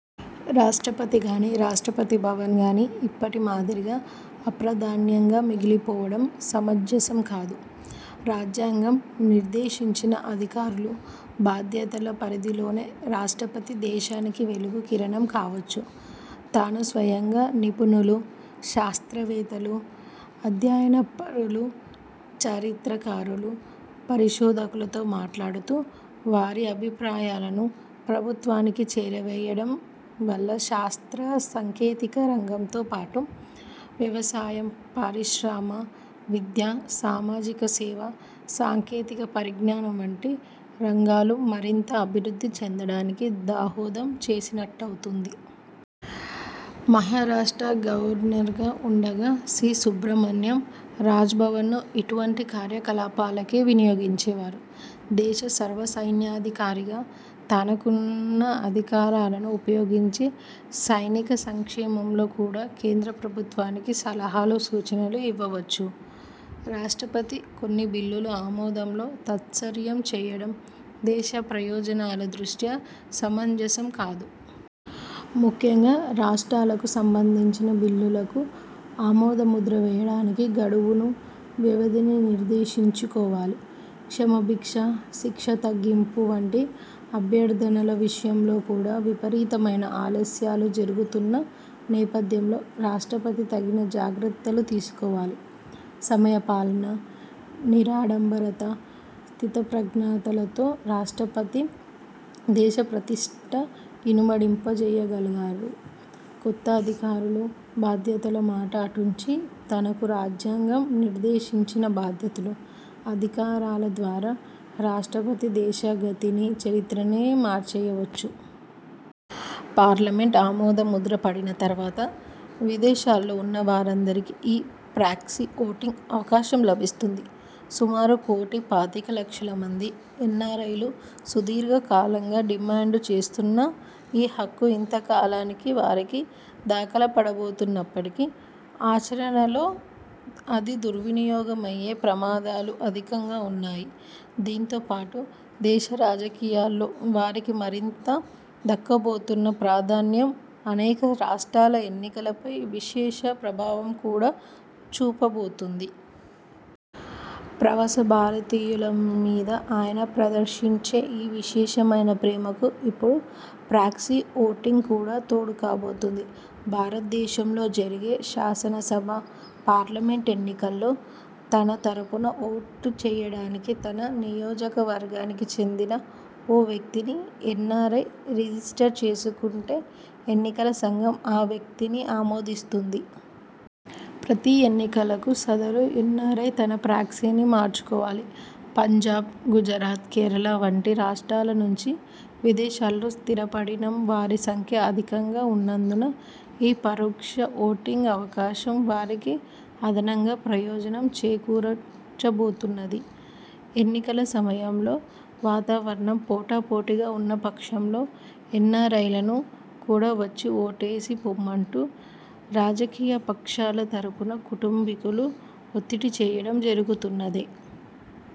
రాష్ట్రపతి గానీ, రాష్ట్రపతి భవన్ గానీ ఇప్పటి మాదిరిగా అప్రాధాన్యంగా మిగిలిపోవడం సమంజసం కాదు. రాజ్యాంగం నిర్దేశించిన అధికారులు, బాధ్యతల పరిధిలోనే రాష్ట్రపతి దేశానికి వెలుగు కిరణం కావచ్చు. తాను స్వయంగా నిపుణులు, శాస్త్రవేత్తలు, అధ్యయనపరులు, చరిత్రకారులు, పరిశోధకులతో మాట్లాడుతూ, వారి అభిప్రాయాలను ప్రభుత్వానికి చేరవేయడం వల్ల శాస్త్రసంకేతిక రంగంతో పాటు వ్యవసాయం, పారిశ్రమ, విద్య, సామాజిక సేవ, సాంకేతిక పరిజ్ఞానం వంటి రంగాలు మరింత అభివృద్ధి చెందడానికి దాహోదం చేసినట్టవుతుంది. మహారాష్ట్ర గవర్నర్గా ఉండగా సి. సుబ్రహ్మణ్యం రాజ్భవన్ను ఇటువంటి కార్యకలాపాలకే వినియోగించేవారు. దేశ సర్వసైన్యాధికారిగా తనకున్న అధికారాలను ఉపయోగించి సైనిక సంక్షేమంలో కూడా కేంద్ర ప్రభుత్వానికి సలహాలు, సూచనలు ఇవ్వవచ్చు. రాష్ట్రపతి కొన్ని బిల్లులు ఆమోదంలో తత్సర్యం చేయడం దేశ ప్రయోజనాల దృష్ట్యా సమంజసం కాదు. ముఖ్యంగా రాష్ర్టాలకు సంబంధించిన బిల్లులకు ఆమోదముద్ర వేయడానికి గడువును, వ్యవధిని నిర్దేశించుకోవాలి. క్షమాభిక్ష, శిక్ష తగ్గింపు వంటి అభ్యర్థనల విషయంలో కూడా విపరీతమైన ఆలస్యాలు జరుగుతున్న నేపథ్యంలో రాష్ట్రపతి తగిన జాగ్రత్తలు తీసుకోవాలి. సమయ పాలన, నిరాడంబరత, స్థితప్రజ్ఞతలతో రాష్ట్రపతి దేశ ప్రతిష్ఠ ఇనుమడింపజేయగలగాలి. కొత్త అధికారులు, బాధ్యతల మాట అటుంచి, తనకు రాజ్యాంగం నిర్దేశించిన బాధ్యతలు, అధికారాల ద్వారా రాష్ట్రపతి దేశ గతిని, చరిత్రనే మార్చేయవచ్చు. పార్లమెంటు ఆమోదముద్ర పడిన తరువాత, విదేశాల్లో ఉన్నవారందరికీ ఈ 'ప్రాక్సీ ఓటింగ్' అవకాశం లభిస్తుంది. సుమారు కోటీ పాతికలక్షల మంది ఎన్నారైలు సుదీర్ఘకాలంగా డిమాండుచేస్తున్న ఈ హక్కు ఇంతకాలానికి వారికి దాఖలపడబోతున్నప్పటికీ, ఆచరణలో అది దుర్వినియోగమయ్యే ప్రమాదాలు అధికంగా ఉన్నాయి. దీనితోపాటు దేశ రాజకీయాల్లో వారికి మరింత దక్కబోతున్న ప్రాధాన్యం అనేక రాష్ట్రాల ఎన్నికలపై విశేష ప్రభావం కూడా చూపబోతుంది ప్రవాస భారతీయుల మీద ఆయన ప్రదర్శించే ఈ విశేషమైన ప్రేమకు ఇప్పుడు ప్రాక్సీ ఓటింగ్ కూడా తోడుకాబోతుది. భారతదేశంలో జరిగే శాసనసభ, పార్లమెంటు ఎన్నికల్లో తన తరఫున ఓటుచేయడానికి తన నియోజకవర్గానికి చెందిన ఓ వ్యక్తిని ఎన్నారై రిజిస్టర్ చేసుకుంటే ఎన్నికల సంఘం ఆ వ్యక్తిని ఆమోదిస్తుంది. ప్రతీ ఎన్నికలకు సదరు ఎన్నారై తన ప్రాక్సీని మార్చుకోవాలి. పంజాబ్, గుజరాత్, కేరళ వంటి రాష్ట్రాల నుంచి విదేశాల్లో స్థిరపడినం వారి సంఖ్య అధికంగా ఉన్నందున ఈ పరోక్ష ఓటింగ్ అవకాశం వారికి అదనంగా ప్రయోజనం చేకూర్చబోతున్నది. ఎన్నికల సమయంలో వాతావరణం పోటాపోటీగా ఉన్నపక్షంలో ఎన్నారైలను కూడా వచ్చి ఓటేసి పొమ్మంటూ రాజకీయపక్షాల తరఫున కుటుంబీకులు ఒత్తిడిచేయడం జరుగుతున్నదే.